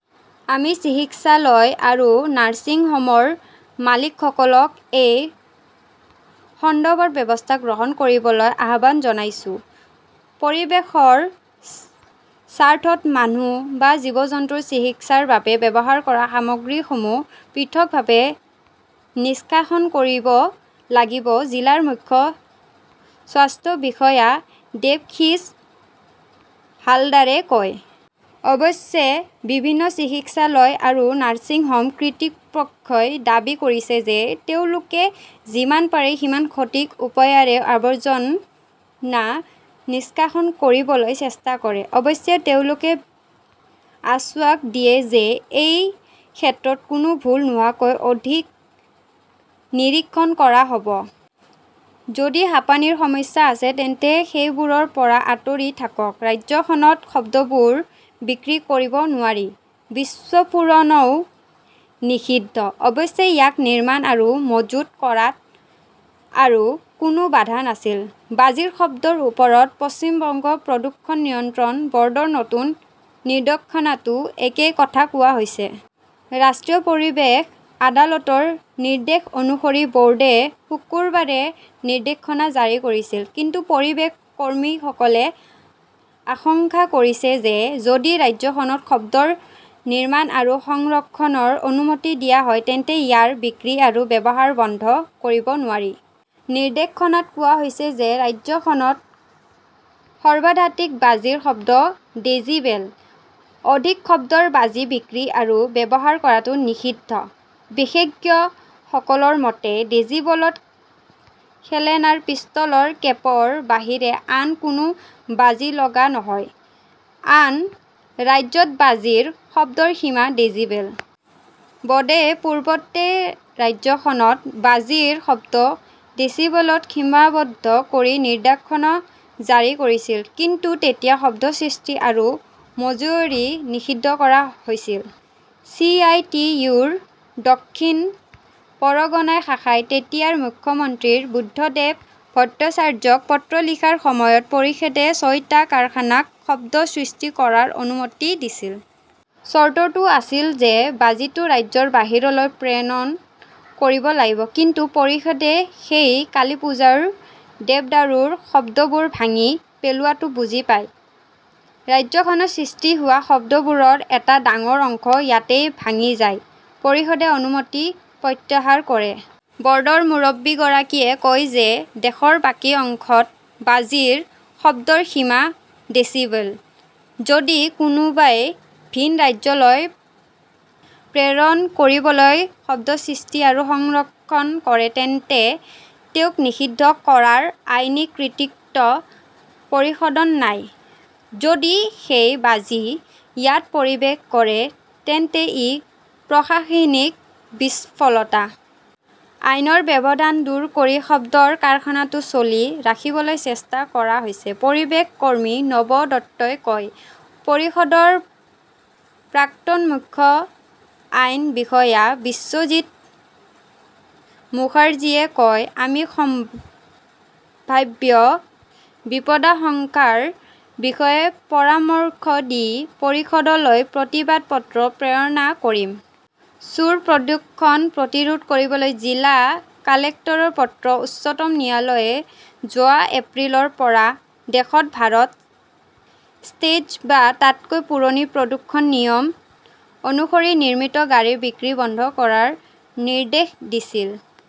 আমি চিকিৎসালয় আৰু নাৰ্ছিংহোমৰ মালিকসকলক এই সন্দৰ্ভত ব্যৱস্থা গ্ৰহণ কৰিবলৈ আহ্বান জনাইছো। পৰিৱেশৰ স্বাৰ্থত মানুহ বা জীৱ-জন্তুৰ চিকিৎসাৰ বাবে ব্যৱহাৰ কৰা সামগ্ৰীসমূহ পৃথকভাৱে নিষ্কাশন কৰিব লাগিব জিলাৰ মুখ্য স্বাস্থ্য বিষয়া দেৱশীছ হালদাৰে কয়। অৱশ্যে বিভিন্ন চিকিৎসালয় আৰু নাৰ্ছিংহোম কৰ্তৃপক্ষই দাবী কৰিছে যে তেওঁলোকে যিমান পাৰে সিমান সঠিক উপায়েৰে আৱৰ্জনা নিষ্কাশন কৰিবলৈ চেষ্টা কৰে। অৱশ্যে তেওঁলোকে আশ্বাস দিয়ে যে এই ক্ষেত্ৰত কোনো ভুল নোহোৱাকৈ অধিক নিৰীক্ষণ কৰা হ'ব। যদি হাঁপানীৰ সমস্যা আছে তেন্তে সেইবোৰৰ পৰা আতৰি থাকক। ৰাজ্যখনত শব্দবোৰ বিক্ৰী কৰিব নোৱাৰি। বিস্ফোৰণও নিষিদ্ধ। অৱশ্যে, ইয়াক নিৰ্মাণ আৰু মজুত কৰাত আৰু কোনো বাধা নাছিল। বাজিৰ শব্দৰ ওপৰত পশ্চিম বংগ প্ৰদূষণ নিয়ন্ত্ৰণ বৰ্ডৰ নতুন নিৰ্দেশনাতো একেই কথা কোৱা হৈছে। ৰাষ্ট্ৰীয় পৰিৱেশ আদালতৰ নিৰ্দেশ অনুসৰি বোৰ্ডে শুকুৰবাৰে নিৰ্দেশনা জাৰি কৰিছিল। কিন্তু পৰিৱেশ কৰ্মীসকলে আশংকা কৰিছে যে যদি ৰাজ্যখনত শব্দৰ নিৰ্মান আৰু সংৰক্ষণৰ অনুমতি দিয়া হয় তেন্তে ইয়াৰ বিক্ৰী আৰু ব্যৱহাৰ বন্ধ কৰিব নোৱাৰি। নিৰ্দেশনাত কোৱা হৈছে যে ৰাজ্যখনত সৰ্বাধিক বাজিৰ শব্দ ডেছিবেল। অধিক শব্দৰ বাজি বিক্ৰী আৰু ব্যৱহাৰ কৰাটো নিষিদ্ধ। বিশেষজ্ঞসকলৰ মতে, ডেছিবলত খেলনাৰ পিস্তলৰ কেপৰ বাহিৰে আন কোনো বাজি লগা নহয়। আন ৰাজ্যত বাজিৰ শব্দৰ সীমা ডেচিবেল। বৰ্ডে পূৰ্বতে ৰাজ্যখনত বাজিৰ শব্দ ডেছিবলত সীমাবদ্ধ কৰি নিৰ্দেশনা জাৰি কৰিছিল। কিন্তু তেতিয়া শব্দ সৃষ্টি আৰু মজুৰিও নিষিদ্ধ কৰা হৈছিল। চি. আই. টি. ইউ. -ৰ দক্ষিণ পৰগনা শাখাই তেতিয়াৰ মুখ্যমন্ত্ৰী বুদ্ধদেব ভট্টাচাৰ্যক পত্ৰ লিখাৰ সময়ত পৰিষদে ছয়টা কাৰখানাক শব্দ সৃষ্টি কৰাৰ অনুমতি দিছিল। চৰ্তটো আছিল যে বাজিটো ৰাজ্যৰ বাহিৰলৈ প্ৰেৰণ কৰিব লাগিব। কিন্তু পৰিষদে সেই কালীপুজোৰ দেৱদাৰুৰ শব্দবোৰ ভাঙি পেলোৱাটো বুজি পায়, ৰাজ্যখনত সৃষ্টি হোৱা শব্দবোৰৰ এটা ডাঙৰ অংশ ইয়াতেই ভাঙি যায়। পৰিষদে অনুমতি প্ৰত্যাহাৰ কৰে। বৰ্ডৰ মুৰব্বীগৰাকীয়ে কয় যে দেশৰ বাকী অংশত বাজিৰ শব্দৰ সীমা ডেছিবেল। যদি কোনোৱে ভিন ৰাজ্যলৈ প্ৰেৰণ কৰিবলৈ শব্দ সৃষ্টি আৰু সংৰক্ষণ কৰে তেন্তে তেওঁক নিষিদ্ধ কৰাৰ আইনী কৰ্তৃত্ব পৰিষদৰ নাই। যদি সেই বাজি ইয়াত প্ৰৱেশ কৰে তেন্তে ই প্ৰশাসনিক বিফলতা। আইনৰ ব্যৱধান দূৰ কৰি শব্দৰ কাৰখানাটো চলি ৰাখিবলৈ চেষ্টা কৰা হৈছে, পৰিৱেশ কৰ্মী নৱ দত্তই কয়। পৰিষদৰ প্ৰাক্তন মুখ্য আইন বিষয়া বিশ্বজিত মুখাৰ্জীয়ে কয়, আমি সম্ভাৱ্য বিপদাশংকাৰ বিষয়ে পৰামৰ্শ দি পৰিষদলৈ প্ৰতিবাদ পত্ৰ প্ৰেৰণ কৰিম। চুৰি-প্ৰদূষণ প্ৰতিৰোধ কৰিবলৈ জিলা কালেক্টৰৰ পত্ৰ উচ্চতম ন্যায়ালয়ে যোৱা এপ্ৰিলৰ পৰা দেশত ভাৰত ষ্টেজ- বা তাতকৈ পুৰণি প্ৰদূষণ নিয়ম অনুসৰি নিৰ্মিত গাড়ীৰ বিক্ৰী বন্ধ কৰাৰ নিৰ্দেশ দিছিল।